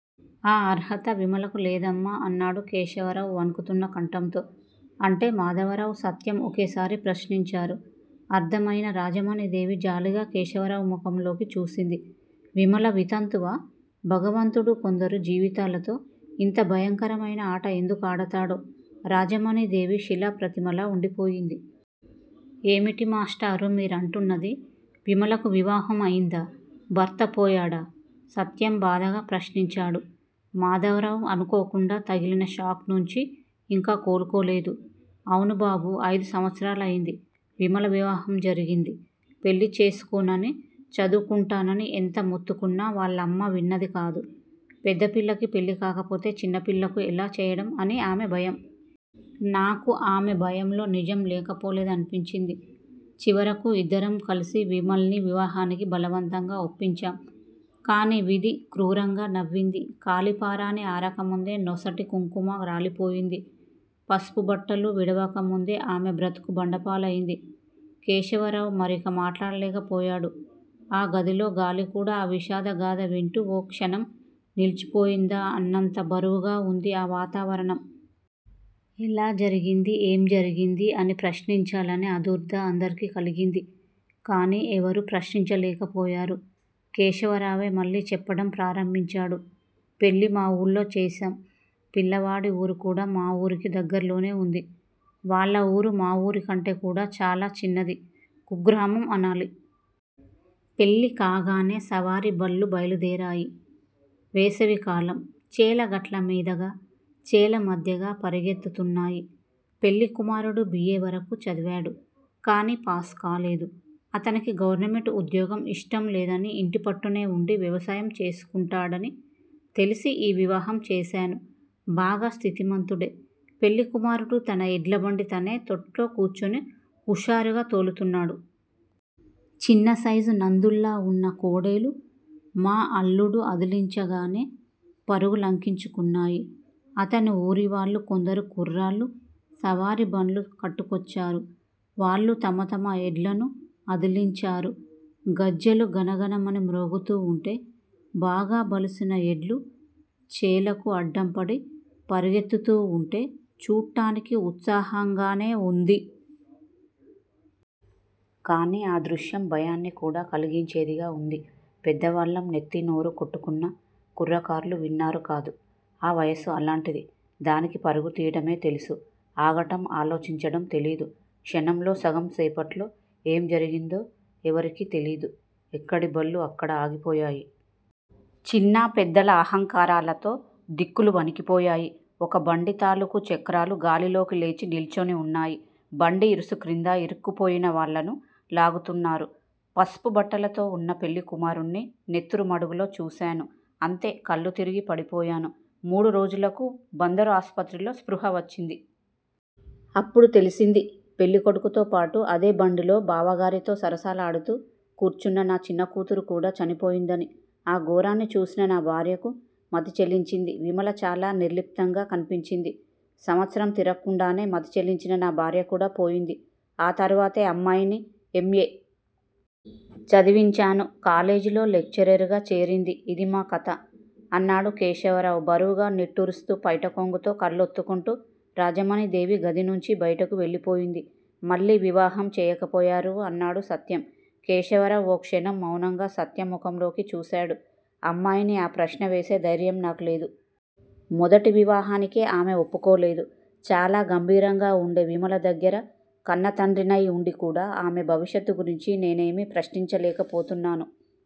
ఆ అర్హత విమలకు లేదమ్మా! అన్నాడు కేశవరావు వణుకుతున్న కంఠంతో. అంటే? మాధవరావు, సత్యం ఒకేసారి ప్రశ్నించారు. అర్ధం అయిన రాజమణీదేవి జాలిగా కేశవరావు ముఖంలోకి చూసింది. 'విమల వితంతువా? భగవంతుడు కొందరు జీవితాలతో ఇంత భయంకరమైన ఆట ఎందుకు ఆడతాడో? ' రాజమణీదేవి శిలాప్రతిమలా ఉండిపోయింది. ఏమిటి మాష్టారూ మీరంటున్నది? విమలకు వివాహం అయిందా? భర్తపోయాడా? సత్యం బాధగా ప్రశ్నించాడు. మాధవరావు అనుకోకుండా తగిలిన షాక్ నుంచి ఇంకా కోలుకోలేదు. అవును బాబూ! ఐదు సంవత్సరాలయింది విమల వివాహం జరిగి! పెళ్ళి చేసుకోననీ, చదువుకుంటాననీ ఎంత మొత్తుకున్నా, వాళ్ళమ్మ విన్నదికాదు. పెద్దపిల్లకి పెళ్ళికాకపోతే చిన్నపిల్లకు ఎలా చెయ్యడం అని ఆమె భయం. నాకు ఆమె భయంలో నిజం లేకపోలేదని పించింది. చివరకు ఇద్దరం కలిసి విమల్ని వివాహానికి బలవంతంగా ఒప్పించాం. కాని విధి క్రూరంగా నవ్వింది. కాళి పారాణి అరకముందే నొసటి కుంకుమ రాలిపోయింది. పసుపుబట్టలు విడవకముందే ఆమె బ్రతుకు బండలపాలైంది! కేశవరావు మరిక మాట్లాడలేకపోయాడు. ఆ గదిలో గాలికూడా ఆ విషాద గాథ వింటూ ఓ క్షణం నిలిచిపోయిందా అన్నంత బరువుగావుంది ఆ వాతావరణం! ఎలా జరిగిందీ? ఏం జరిగిందీ? అని ప్రశ్నించాలనే ఆదుర్దా అందరికీ కలిగింది. కాని ఎవరూ ప్రశ్నించలేకపోయారు. కేశవరావే మళ్ళీ చెప్పడం ప్రారంభించాడు పెళ్ళి మా ఊళ్లో చేశాం. పిల్లవాడి ఊరుకూడా మా ఊరికి దగ్గర్లోనే ఉంది. వాళ్ళ ఊరు మా ఊరికంటెకూడా చాలా చిన్నది. కుగ్రామం అనాలి. పెళ్ళికాగానే సవారిబళ్ళు బయలుదేరాయి. వేసవికాలం. చేల గట్లమీదగా, చేలమధ్యగా పరుగెత్తుతున్నాయి. పెళ్ళికుమారుడు. బి. ఏ. వరకు చదివాడు, కాని పాస్ కాలేదు. అతనికి గవర్నమెంటు ఉద్యోగం ఇష్టంలేదనీ, ఇంటిపట్టునే ఉండి వ్యవసాయం చేసుకుంటాడనీ తెలిసి ఈ వివాహం చేశాను. బాగా స్థితిమంతుడే! పెండ్లికుమారుడు తన ఎడ్లబండి తనే తొట్లో కూర్చుని హుషారుగా తోలుతున్నాడు. చిన్నసైజు నందుల్లా ఉన్న కోడెలు మా అల్లుడు అదిలించగానే పరుగు లంకించుకున్నాయి. అతని ఊరివాళ్ళు కొందరు కుర్రాళ్ళు సవారిబండ్లు కట్టుకొచ్చారు. వాళ్ళు తమ తమ ఎడ్లను అదిలించారు. గజ్జలు గణగణమని మ్రోగుతూ వుంటే, బాగా బలిసిన ఎడ్లు చేలకు అడ్డంపడి పరుగెత్తుతూవుంటే చుట్టానికి ఉత్సాహంగానే ఉంది. కాని ఆ దృశ్యం భయాన్ని కూడా కలిగించేదిగా ఉంది. పెద్దవాళ్ళం నెత్తీ, నోరు కొట్టుకున్నా కుర్రకార్లు విన్నారుకాదు. ఆ వయస్సు అలాంటిది. దానికి పరుగు తీయటమే తెలుసు. ఆగటం, ఆలోచించడం తెలియదు. క్షణంలో సగం సేపట్లో ఏం జరిగిందో ఎవరికీ తెలియలేదు. ఎక్కడిబళ్ళు అక్కడ ఆగిపోయాయి. చిన్నా పెద్దల హాహాకారాలతో దిక్కులు వణికిపోయాయి. ఒక బండి తాలూకు చక్రాలు గాలిలోకి లేచి నిల్చొని ఉన్నాయి. బండి ఇరుసుక్రింద ఇరుక్కుపోయినవాళ్ళను లాగుతున్నారు. పసుపు బట్టలతోవున్న పెళ్ళికుమారుణ్ణి నెత్తురు మడుగులో చూశాను. అంతే. కళ్ళు తిరిగి పడిపోయాను. మూడు రోజులకు బందరు ఆసుపత్రిలో స్పృహ వచ్చింది. అప్పుడు తెలిసింది, పెళ్ళికొడుకుతోపాటు అదేబండిలో బావగారితో సరసాలాడుతూ కూర్చున్న నా చిన్నకూతురుకూడా చనిపోయిందని! ఆ ఘోరాన్ని చూసిన నా భార్యకు మతి చలించింది. విమల చాలా నిర్లిప్తంగా కనిపించింది. సంవత్సరం తిరక్కుండానే మతి చలించిన నా భార్యకూడా పోయింది. ఆ తరువాతే అమ్మాయిని ఎం. ఏ. చదివించాను. కాలేజిలో లెక్చరర్ గా చేరింది. ఇదీ మా కథ! అన్నాడు కేశవరావు బరువుగా నిట్టూరుస్తూ. పైట కొంగుతో కళ్ళొత్తుకుంటూ రాజమణీదేవి గదినుండి బయటకు వెళ్ళిపోయింది. మళ్ళీ వివాహం చేయకపోయారూ? అన్నాడు సత్యం. కేశవరావు ఓ క్షణం మౌనంగా సత్యం ముఖంలోకి చూశాడు. అమ్మాయిని ఆ ప్రశ్న వేసే ధైర్యం నాకు లేదు. మొదటి వివాహానికే ఆమె ఒప్పుకోలేదు. చాలా గంభీరంగా ఉండే విమల దగ్గర కన్నతండ్రినై ఉండికూడా ఆమె భవిష్యత్తుగురించి నేనేమీ ప్రశ్నించలేకపోతున్నాను